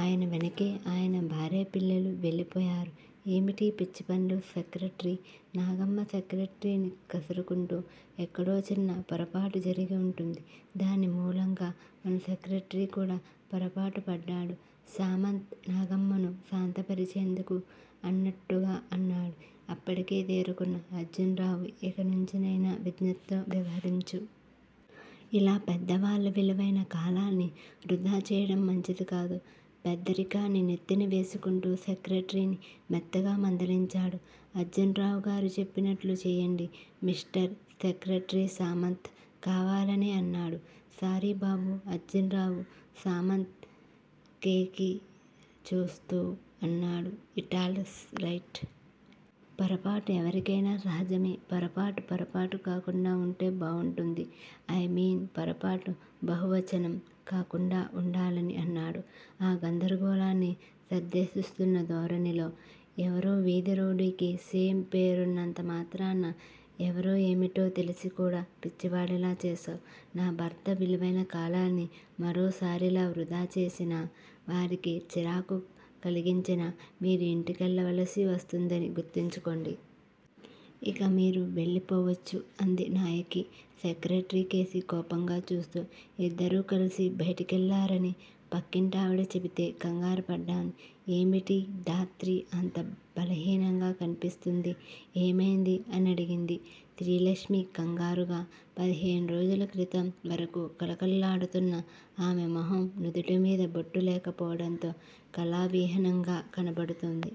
ఆయన వెనుకే ఆయన భార్యాపిల్లలు వెళ్ళిపోయారు. ఏమిటీ పిచ్చి పనులు సెక్రటరీ? నాగమ్మ సెక్రటరీని కసురుకుంటూ. ఎక్కడో చిన్న పొరపాటు జరిగుంటుంది. దాని మూలంగా మన సెక్రటరీ కూడా పొరపాటుపడ్డాడు సామంత్ నాగమ్మను శాంతపరిచేందుకు అన్నట్టుగా అన్నాడు. అప్పటికే తేరుకున్న అర్జున్ రావు ఇకనుంచైనా విజ్ఞతతో వ్యవహరించు. ఇలా పెద్దవాళ్ళ విలువైన కాలాన్ని వృధా చేయడం మంచిది కాదు పెద్దరికాన్ని నెత్తిన వేసుకుంటూ సెక్రటరీని మెత్తగా మందలించాడు. అర్జున్ రావుగారు చెప్పినట్టు చేయండి మిస్టర్ సెక్రటరీ సామంత్ కావాలనే అన్నాడు. సారీ బాబు అర్జున్ రావు సామంత్ కేసి చూస్తూ అన్నాడు. It's all right. పొరపాటు ఎవరికైనా సహజమే. పొరపాటు పొరపాటు కాకుండా వుంటే బావుంటుంది. ఐమీన్ పొరపాటు బహువచనం కాకుండా వుండాలని అన్నాడు ఆ గందరగోళాన్ని సర్దేస్తున్న ధోరణిలో. ఎవరో వీధి రౌడీకి సేమ్ పేరున్నంత మాత్రాన ఎవరేమిటో తెలిసి కూడా పిచ్చివాడిలా చేశావ్. నా భర్త విలువైన కాలాన్ని మరోసారిలా వృధా చేసినా, వారికి చిరాకు కలిగించినా మీరు ఇంటికెళ్ళ వలసి వస్తుందని గుర్తుంచుకోండి. ఇక మీరు వెళ్ళిపోవచ్చు అంది నాయకి సెక్రటరీకేసి కోపంగా చూస్తూ. ఇద్దరూ కలిసి బయటికెళ్ళారని పక్కింటావిడ చెబితే కంగారుపడ్డాను. ఏమిటి, ధాత్రి అంత బలహీనంగా కనిపిస్తోంది. ఏమైంది అనడిగింది శ్రీలక్ష్మి కంగారుగా. పదిహేనురోజుల క్రితం వరకూ కళకళలాడుతున్న ఆమె మొహం నుదుటిమీద బొట్టు లేకపోవటంతో కళావిహీనంగా కనబడుతోంది.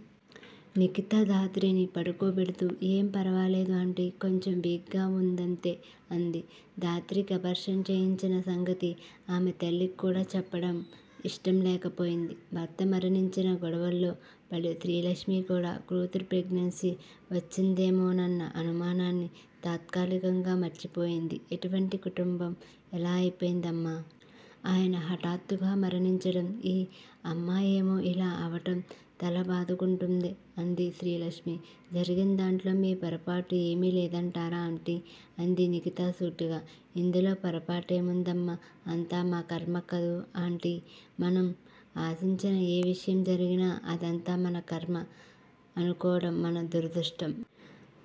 నిఖిత ధాత్రిని పడుకోబెడుతూ ఏం ఫరవాలేదు ఆంటీ. కొంచెం వీక్ గా వుందంతే అంది. ధాత్రికి అబార్షన్ చేయించిన సంగతి ఆమె తల్లికి కూడా చెప్పటం ఇష్టంలేకపోయింది. భర్త మరణించిన గొడవల్లో పడి శ్రీలక్ష్మి కూడా కూతురికి ప్రెగ్నెన్సీ వచ్చిందేమోనన్న అనుమానాన్ని తాత్కాలికంగా మార్చిపోయింది. ఎటువంటి కుటుంబం ఎలా అయిపోయిందమ్మా! ఆయన హఠాత్తుగా మరణించడం ఈ అమ్మాయేమో ఇలా అవటం తల బాదుకుంటున్నట్లు అంది శ్రీలక్ష్మి. జరిగినదాంట్లో మీ పొరపాటు ఏమీ లేదంటారా ఆంటీ? అంది నిఖిత సూటిగా. ఇందులో పొరపాటేముందమ్మా? అంతా మా ఖర్మ. కాదు ఆంటీ. మనం ఆశించని ఏ విషయం జరిగినా అదంతా మనఖర్మ అనుకోవటం మన దురదృష్టం.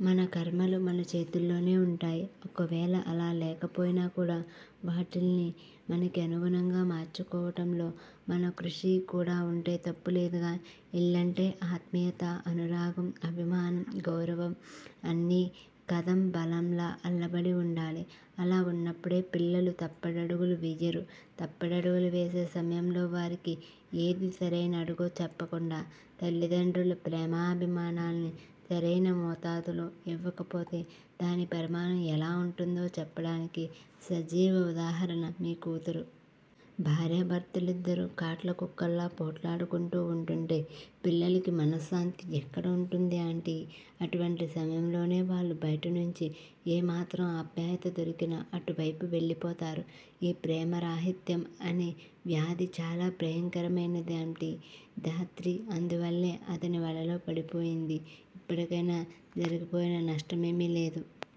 మన ఖర్మలు మన చేతుల్లోనే వుంటాయి. ఒకవేళ అలా లేకపోయినా కూడా, వాటిల్ని మనకి అనుగుణంగా మార్చుకోవటంలో మన కృషి కూడా వుంటే తప్పులేదుగా. ఇల్లంటే ఆత్మీయత, అనురాగం, అభిమానం, గౌరవం అన్నీ కదంబంలా అల్లబడి వుండాలి. అలా వున్నప్పుడే పిల్లలు తప్పటడుగులు వెయ్యరు. తప్పటడుగులు వేసే సమయంలో వారికి ఏది సరయిన అడుగో చెప్పకుండా, తల్లిదండ్రులు ప్రేమాభిమానాల్ని సరయిన మోతాదులో ఇవ్వకపోతే దాని పరిణామం ఎలా వుంటుందో చెప్పటానికి సజీవ ఉదాహరణ మీ కూతురు. భార్యాభర్తలిద్దరు కాట్లకుక్కల్లా పోట్లాడుకుంటూ వుంటుంటే పిల్లలకి మనశ్శాంతి ఎక్కడుంటుంది ఆంటీ? అటువంటి సమయంలోనే వాళ్ళు బయటనుంచి ఏ మాత్రం ఆప్యాయత దొరికినా అటువైపు వెళ్ళి పోతారు. ఈ ప్రేమ రాహిత్యం అనే వ్యాధి చాలా భయంకరమైంది ఆంటీ. ధాత్రీ అందువల్లే అతని వలలో పడిపోయింది. ఇప్పటికైనా జరిగిపోయిన నష్టమేమీలేదు.